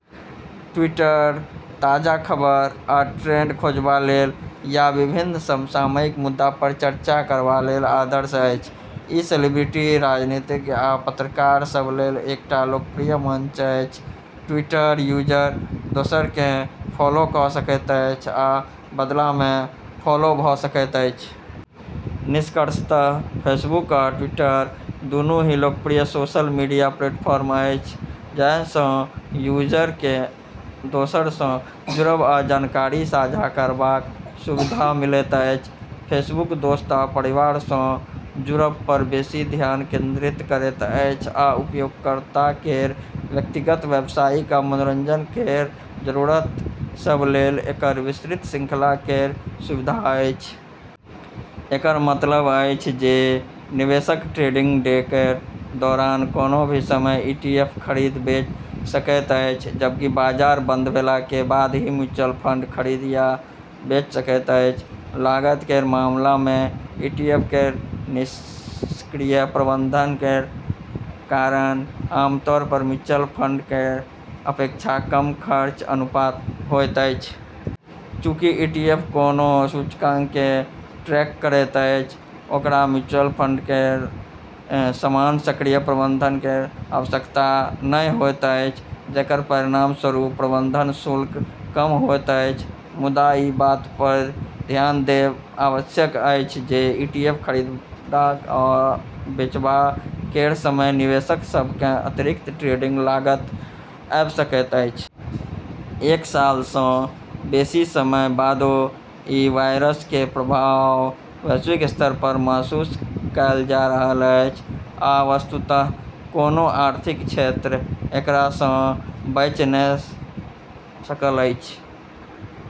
Twitter ताजा खबर आ ट्रेंड खोजबा लेल या विभिन्न समसामयिक मुद्दा पर चर्चा करबा लेल आदर्श अछि। ई सेलिब्रिटी, राजनीतिज्ञ, आ पत्रकार सभ लेल एकटा लोकप्रिय मंच अछि। ट्विटर यूजर दोसर केँ फॉलो कऽ सकैत अछि आ बदला मे फॉलो भऽ सकैत अछि। निष्कर्षतः फेसबुक आ ट्विटर दुनू ही लोकप्रिय सोशल मीडिया प्लेटफॉर्म अछि जाहि सँ यूजर केँ दोसर सँ जुड़ब आ जानकारी साझा करबाक सुविधा मिलैत अछि। फेसबुक दोस्त आ परिवार सँ जुड़ब पर बेसी ध्यान केंद्रित करैत अछि आ उपयोगकर्ता केर व्यक्तिगत, व्यवसायिक, आ मनोरंजन केर जरूरत सभ लेल एकर विस्तृत श्रृंखला केर सुविधा अछि। एकर मतलब अछि जे निवेशक ट्रेडिंग डे केर दौरान कोनो भी समय ईटीएफ खरीद-बेच सकैत अछि, जबकि बाजार बंद भेला के बाद ही म्यूचुअल फंड खरीद या बेच सकैत अछि। लागत केर मामला मे ईटीएफ केर निष्क्रिय प्रबंधन केर कारण आम तौर पर म्यूचुअल फंड केर अपेक्षा कम खर्च अनुपात होइत अछि। चूँकि ईटीएफ कोनो सूचकांक केँ ट्रैक करैत अछि, ओकरा म्यूचुअल फंड केर समान सक्रिय प्रबंधन केर आवश्यकता नहि होइत अछि, जेकर परिणाम स्वरूप प्रबंधन शुल्क कम होइत अछि। मुदा ई बात पर ध्यान देब आवश्यक अछि जे ईटीएफ खरीदबा आ बेचबा केर समय निवेशक सभ केँ अतिरिक्त ट्रेडिंग लागत आबि सकैत अछि। एक साल सँ बेसी समय बादो ई वायरस केर प्रभाव वैश्विक स्तर पर महसूस कएल जा रहल अछि, आ वस्तुतः कोनो आर्थिक क्षेत्र एकरा सँ बचि नहि सकल अछि।